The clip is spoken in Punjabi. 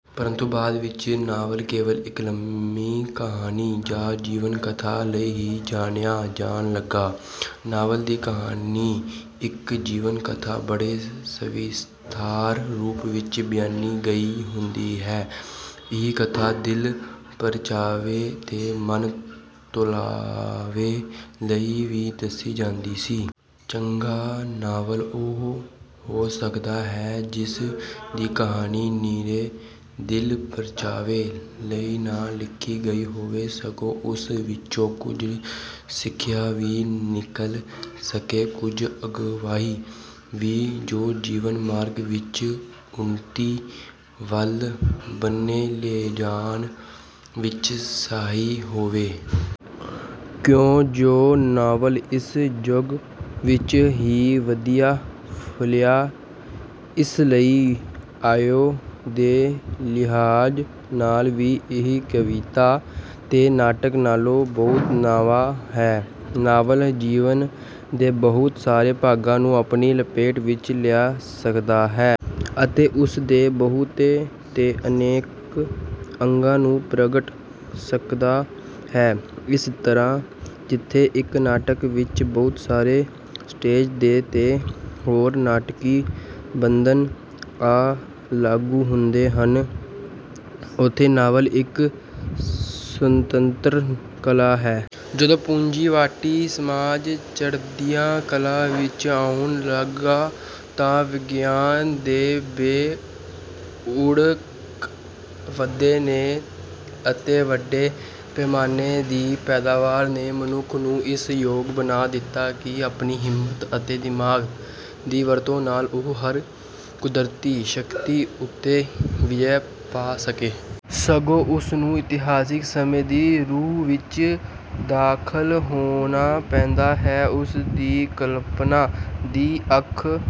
ਪਰੰਤੂ ਬਾਅਦ ਵਿੱਚ ਨਾਵਲ ਕੇਵਲ ਇੱਕ ਲੰਮੀ ਕਹਾਣੀ ਜਾਂ ਜੀਵਨ ਕਥਾ ਲਈ ਹੀ ਜਾਣਿਆ ਜਾਣ ਲੱਗਾ। ਨਾਵਲ ਦੀ ਕਹਾਣੀ ਇੱਕ ਜੀਵਨ ਕਥਾ ਬੜੇ ਸਵਿਸਥਾਰ ਰੂਪ ਵਿੱਚ ਬਿਆਨੀ ਗਈ ਹੁੰਦੀ ਹੈ। ਇਹ ਕਥਾ ਦਿਲ ਪਰਚਾਵੇ ਤੇ ਮਨ ਤੁਲਾਵੇ ਲਈ ਵੀ ਦੱਸੀ ਜਾਂਦੀ ਸੀ। ਚੰਗਾ ਨਾਵਲ ਉਹੋ ਹੋ ਸਕਦਾ ਹੈ ਜਿਸ ਦੀ ਕਹਾਣੀ ਨਿਰੇ ਦਿਲ ਪਰਚਾਵੇ ਲਈ ਨਾ ਲਿਖੀ ਗਈ ਹੋਵੇ, ਸਗੋਂ ਉਸ ਵਿੱਚੋਂ ਕੁਝ ਸਿੱਖਿਆ ਵੀ ਨਿਕਲ ਸਕੇ ਕੁਝ ਅਗਵਾਈ ਵੀ, ਜ਼ੋ ਜੀਵਨ ਮਾਰਗ ਵਿੱਚ ਉੱਨਤੀ ਵੱਲ ਬੰਨੇ ਲਿਜਾਣ ਵਿੱਚ ਸਹਾਈ ਹੋਵੇ। ਕਿਉਂਜੋ ਨਾਵਲ ਇਸ ਜੁਗ ਵਿੱਚ ਹੀ ਵਧੀਆ ਫੁਲਿਆ ਇਸ ਲਈ ਆਯੂ ਦੇ ਲਿਹਾਜ ਨਾਲ ਵੀ ਇਹ ਕਵਿਤਾ ਤੇ ਨਾਟਕ ਨਾਲੋਂ ਬਹੁਤ ਨਵਾਂ ਹੈ। ਨਾਵਲ ਜੀਵਨ ਦੇ ਬਹੁਤ ਸਾਰੇ ਭਾਗ ਨੂੰ ਆਪਣੀ ਲਪੇਟ ਵਿੱਚ ਲਿਆ ਸਕਦਾ ਹੈ। ਅਤੇ ਉਸ ਦੇ ਬਹੁਤੇ ਤੇ ਅਨੇਕ ਅੰਗਾਂ ਨੂੰ ਪ੍ਰਗਟ ਸਕਦਾ ਹੈ। ਇਸੇ ਤਰਾਂ ਜਿਥੇ ਇੱਕ ਨਾਟਕ ਵਿੱਚ ਬਹੁਤ ਸਾਰੇ ਸਟੇਜ਼ ਦੇ ਤੇ ਹੋਰ ਨਾਟਕੀ ਬੰਧਨ ਆ ਲਾਗੂ ਹੁੰਦੇ ਹਨ ਉਥੇ ਨਾਵਲ ਇੱਕ ਸੁਤੰਤਰ ਕਲਾ ਹੈ। ਜਦੋਂ ਪੂੰਜੀਵਾਟੀ ਸਮਾਜ ਚੜਦੀਆਂ ਕਲਾ ਵਿੰਚ ਆਉਣ ਲੱਗਾ ਤਾ ਵਿਗਿਆਨ ਦੇ ਬੇ-ਉੜਕ ਵਾਧੇ ਨੇ ਅਤੇ ਵੱਡੇ ਪੈਮਾਨੇ ਦੀ ਪੈਦਾਵਾਰ ਨੇ ਮਨੁੱਖ ਨੂੰ ਇਸ ਯੋਗ ਬਣਾ ਦਿੱਤਾ ਕਿ ਆਪਣੀ ਹਿੰਮਤ ਅਤੇ ਦਿਮਾਗ ਦੀ ਵਰਤੋਂ ਨਾਲ ਉਹ ਹਰ ਕੁਦਰਤੀ ਸ਼ਕਤੀ ਉੱਤੇ ਵਿਜੈ ਪਾ ਸਕੇ। ਸਗੋਂ ਉਸ ਨੂੰ ਇਤਿਹਾਸਿਕ ਸਮੇਂ ਦੀ ਰੂਹ ਵਿੱਚ ਦਾਖਲ ਹੋਣਾ ਪੈਂਦਾ ਹੈ। ਉਸ ਦੀ ਕਲਪਨਾ ਦੀ ਅੱਖ...